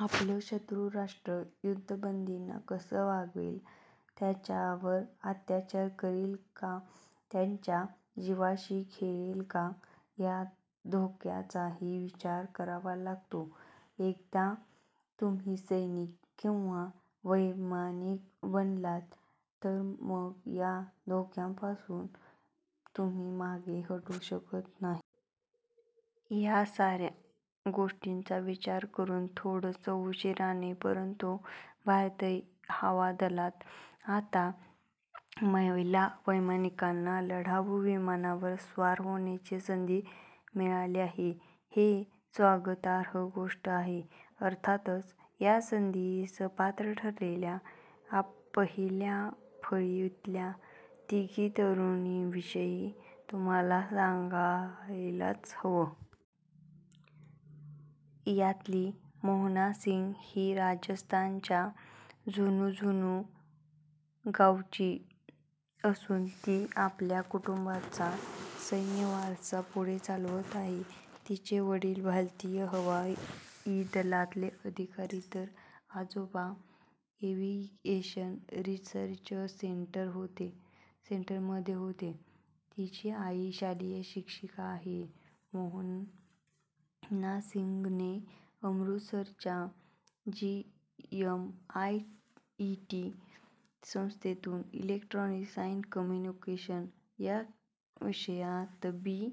आपलं शत्रूराष्ट्र युद्धबंदींना कसं वागवेल, त्यांच्यावर अत्याचार करील का, त्यांच्या जिवाशी खेळेल का, या धोक्याचाही विचार करावा लागतो. एकदा तुम्ही सैनिक किंवा वैमानिक बनलात, तर मग या धोक्यांपासून तुम्ही मागे हटू शकत नाही. या साऱ्या गोष्टींचा विचार करून, थोडंसं उशिराने परंतु भारतीय हवाई दलात आता महिला वैमानिकांना लढाऊ विमानांवर स्वार होण्याची संधी मिळाली आहे, ही स्वागतार्ह गोष्ट आहे. अर्थातच या संधीस पात्र ठरलेल्या पहिल्या फळीतल्या तिघी तरुणींविषयी तुम्हाला सांगायलाच हवं. यातली मोहना सिंग ही राजस्थानच्या झुनझुनू गावची असून ती आपल्या कुटुंबाचा सैन्यवारसा पुढे चालवत आहे. तिचे वडील भारतीय हवाई दलातले अधिकारी, तर आजोबा एव्हिएशन रिसर्च सेंटरमध्ये होते. तिची आई शालेय शिक्षिका आहे. मोहना सिंगने अमृतसरच्या जीएमआयईटी संस्थेतून इलेक्ट्रॉनिक्स आणि कम्युनिकेशन या विषयात बी.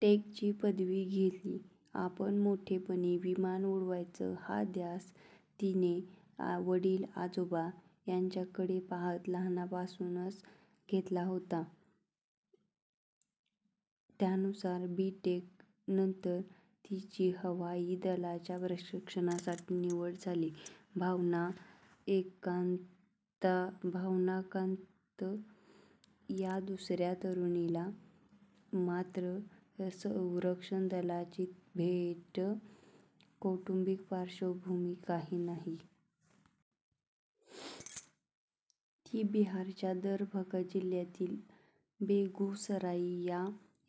टेक.ची पदवी घेतली. आपण मोठेपणी विमान उडवायचं, हा ध्यास तिने वडील-आजोबा यांच्याकडे पाहत लहानपणापासूनच घेतला होता. त्यानुसार बी. टेक. नंतर तिची हवाई दलाच्या प्रशिक्षणासाठी निवड झाली. भावना कांत या दुसऱ्या तरुणीला मात्र संरक्षण दलाची थेट कौटुंबिक पार्श्वभूमी काही नाही. ती बिहारच्या दरभंगा जिल्ह्यातील बेगुसराई या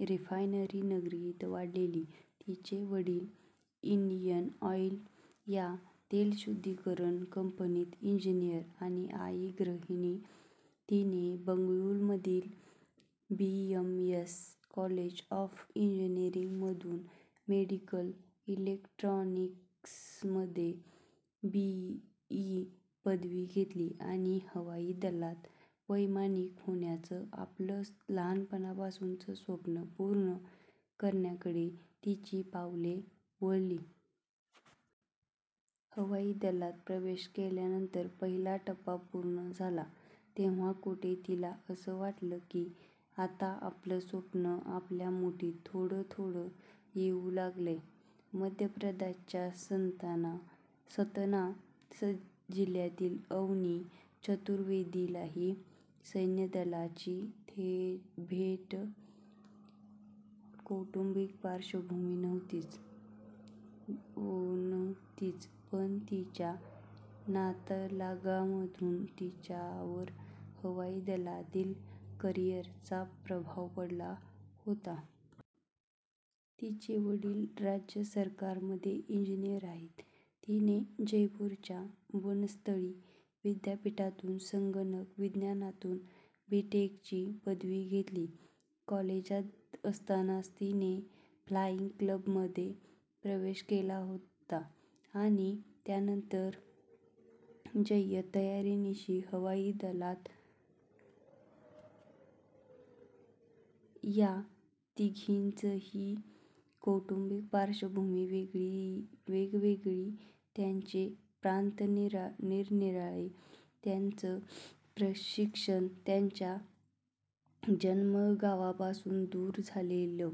रिफायनरी नगरीत वाढलेली. तिचे वडील इंडियन ऑइल या तेलशुद्धीकरण कंपनीत इंजिनिअर आणि आई गृहिणी. तिने बंगळुरूमधील बीएमएस कॉलेज ऑफ इंजिनिअरिंगमधून मेडिकल इलेक्ट्रॉनिक्समध्ये बीई पदवी घेतली आणि हवाई दलात वैमानिक होण्याचं आपलं लहानपणापासूनचं स्वप्न पूर्ण करण्याकडे तिची पावलं वळली. हवाई दलात प्रवेश केल्यानंतर पहिला टप्पा पूर्ण झाला, तेव्हा कुठे तिला असं वाटलं की आता आपलं स्वप्न आपल्या मुठीत थोडं थोडं येऊ लागलंय. मध्य प्रदेशच्या सतना जिल्ह्यातील अवनी चतुर्वेदीलाही सैन्यदलाची थेट कौटुंबिक पार्श्वभूमी नव्हतीच, पण तिच्या नातलगांमधून तिच्यावर हवाई दलातील करिअरचा प्रभाव पडला होता. तिचे वडील राज्य सरकारमध्ये इंजिनिअर आहेत. तिने जयपूरच्या बनस्थळी विद्यापीठातून संगणक विज्ञानातून बी. टेक.ची पदवी घेतली. कॉलेजात असतानाच तिने फ्लाइंग क्लबमध्ये प्रवेश केला होता आणि त्यानंतर जय्यत तयारीनिशी हवाई दलात. या तिघींचीही कौटुंबिक पार्श्वभूमी वेगवेगळी, त्यांचे प्रांत निरनिराळे, त्यांचं शिक्षण त्यांच्या जन्मगावापासून दूर झालेलं.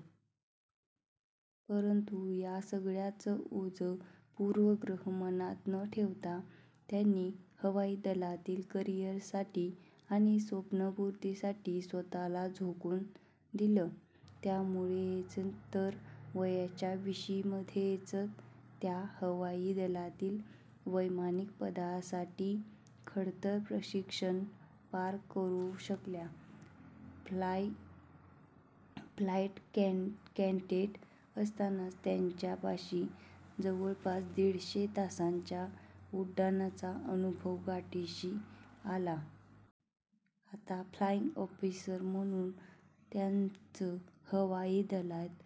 परंतु या सगळ्याचं ओझं किंवा पूर्वग्रह मनात न ठेवता त्यांनी हवाई दलातील करिअरसाठी आणि स्वप्नपूर्तीसाठी स्वतःला झोकून दिलं. त्यामुळेच तर वयाच्या विशीमध्येच त्या हवाई दलातील वैमानिकपदासाठीचं खडतर प्रशिक्षण पार करू शकल्या. फ्लाइट कॅडेट असतानाच त्यांच्यापाशी जवळपास दीडशे तासांच्या उड्डाणाचा अनुभव गाठीशी आला. आता फ्लाइंग ऑफिसर म्हणून त्यांचं हवाई दलात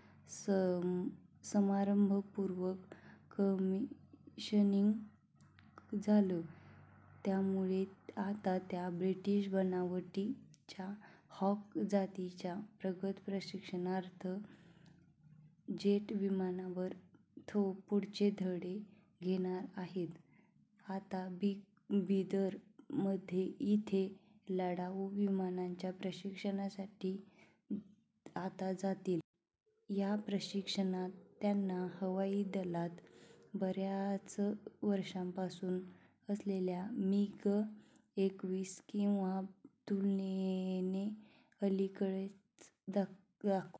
समारंभपूर्वक कमिशनिंग झालं. त्यामुळे आता त्या ब्रिटिश बनावटीच्या हॉक जातीच्या प्रगत प्रशिक्षणार्थी जेट विमानावर पुढचे धडे घेणार आहेत. आता बिदर इथे लढाऊ विमानांच्या प्रशिक्षणासाठी त्या जातील. या प्रशिक्षणात त्यांना हवाई दलात बऱ्याच वर्षांपासून असलेल्या मिग एकवीस किंवा तुलनेने अलीकडेच दाखल